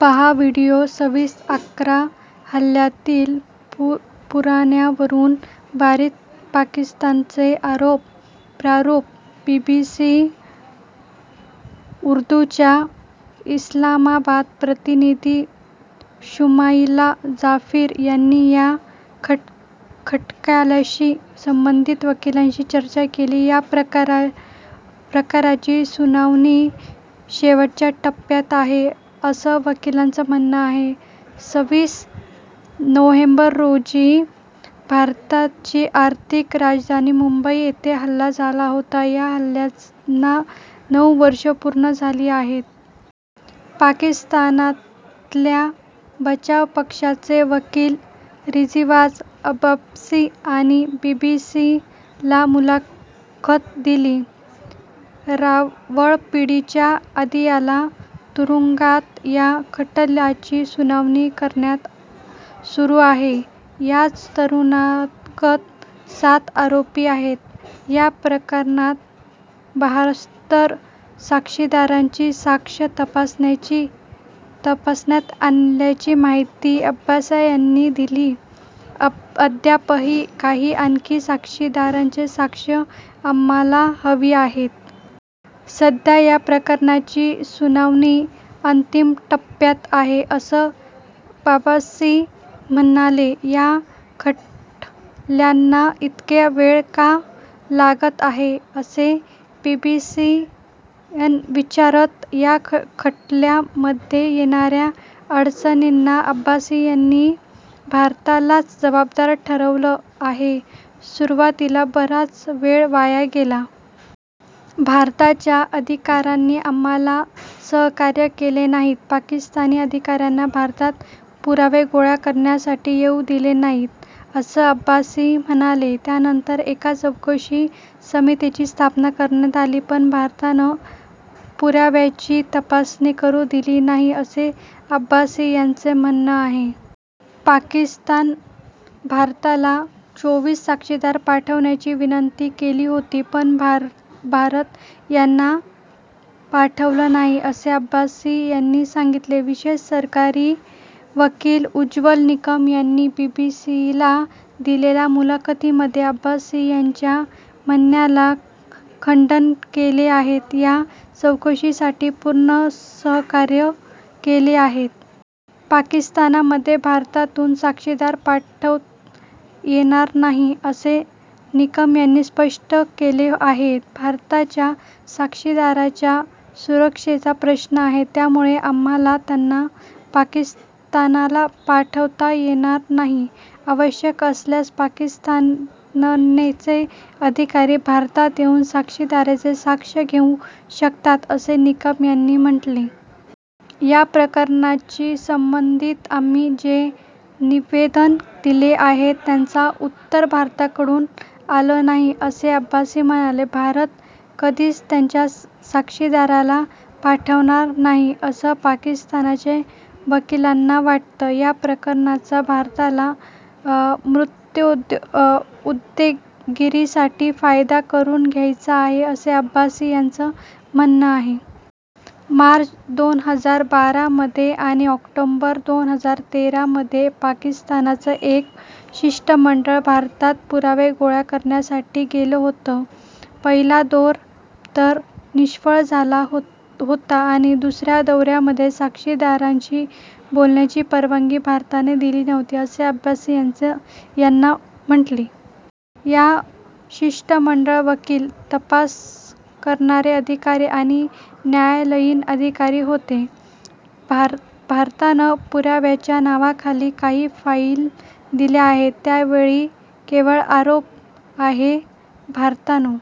पाहा व्हीडिओ संविस अकरा हल्ल्यातील पुरान्यावरून भारत-पाकिस्तानचे आरोप प्ररोप बीबीसी उर्दूच्या इस्लामाबाद प्रतिनिधी शुमाइला जाफरी यांनी या खटल्याशी संबंधित वकिलांशी चर्चा केली या प्रकारा प्रकराची सुनावणी शेवटच्या टप्प्यात आहे, असं वकिलांचं म्हणणं आहे. संविस नोव्हेंबर रोजी भारताची आर्थिक राजधानी मुंबईमध्ये हल्ला झाला होता या हल्ल्याला नऊ वर्ष पूर्ण झाली आहेत. पाकिस्तानातल्या बचाव पक्षाचे वकील रिजवान अब्बासी यांनी बीबीसीला मुलाखत दिली. रावळपिंडीच्या अदियाला तुरुंगात या खटल्याची सुनावणी सुरू आहे. याच तुरुंगात सात आरोपी आहेत. या प्रकरणात बहात्तर साक्षीदारांची साक्ष तपासण्यात आल्याची माहिती अब्बासी यांनी दिली अद्यापही काही आणखी साक्षीदारांची साक्ष आम्हाला हवी आहे. सध्या या प्रकरणाची सुनावणी अंतिम टप्प्यात आहे असं अब्बासी म्हणाले. या खटल्याला इतका वेळ का लागत आहे? असं बीबीसीनं विचारलं. या खटल्यामध्ये येणाऱ्या अडचणींना अब्बासी यांनी भारतालाच जबाबदार ठरवलं आहे. सुरुवातीला बराच वेळ वाया गेला. भारताच्या अधिकाऱ्यांनी आम्हाला सहकार्य केलं नाही. पाकिस्तानी अधिकाऱ्यांना भारतात पुरावे गोळा करण्यासाठी येऊ दिलं नाही असं अब्बासी म्हणाले. यानंतर एका चौकशी समितीची स्थापना करण्यात आली. पण भारतानं पुराव्यांची तपासणी करू दिली नाही असं अब्बासी यांचं म्हणणं आहे. पाकिस्ताननं भारताला चोवीस साक्षीदार पाठवण्याची विनंती केली होती पण भारतानं त्यांना पाठवलं नाही असं अब्बासी यांनी सांगितलं. विशेष सरकारी वकील उज्ज्वल निकम यांनी बीबीसीला दिलेल्या मुलाखतीमध्ये अब्बासी यांच्या म्हणण्याचं खंडन केलं आहे. या चौकशीसाठी पूर्ण सहकार्य केलं आहे. पाकिस्तानमध्ये भारतातून साक्षीदार पाठवता येणार नाहीत असं निकम यांनी स्पष्ट केलं आहे. भारताच्या साक्षीदारांच्या सुरक्षेचा प्रश्न आहे. त्यामुळं आम्हाला त्यांना पाकिस्तानला पाठवता येणार नाही. आवश्यक असल्यास पाकिस्तानचे अधिकारी भारतात येऊन साक्षीदारांची साक्ष घेऊ शकतात असं निकम यांनी म्हटलं. या प्रकरणाची संबंधित आम्ही जी निवेदनं दिली आहेत त्यांचं उत्तर भारताकडून आलं नाही असं अब्बासी म्हणाले. भारत कधीच त्यांच्या साक्षीदाराला पाठवणार नाही असं पाकिस्तानच्या वकिलांना वाटतं. या प्रकरणाचा भारताला मुत्सद्देगिरीसाठी फायदा करून घ्यायचा आहे असं अब्बासी यांचं म्हणणं आहे. मार्च दोन हजार बारा मध्ये आणि ऑक्टोबर दोन हजार तेरा मध्ये पाकिस्तानचं एक शिष्टमंडळ भारतात पुरावे गोळा करण्यासाठी गेलं होतं पहिला दौरा तर निष्फळ झाला होता आणि दुसऱ्या दौऱ्यामध्ये साक्षीदारांशी बोलण्याची परवानगी भारतानं दिली नव्हती असं अब्बासी यांनी म्हटलं. या शिष्टमंडळात वकील, तपास करणारे अधिकारी आणि न्यायालयीन अधिकारी होते. भारतानं पुराव्यांच्या नावाखाली काही फाइल्स दिल्या आहेत. त्यावेळी केवळ आरोप आहेत. भारतानं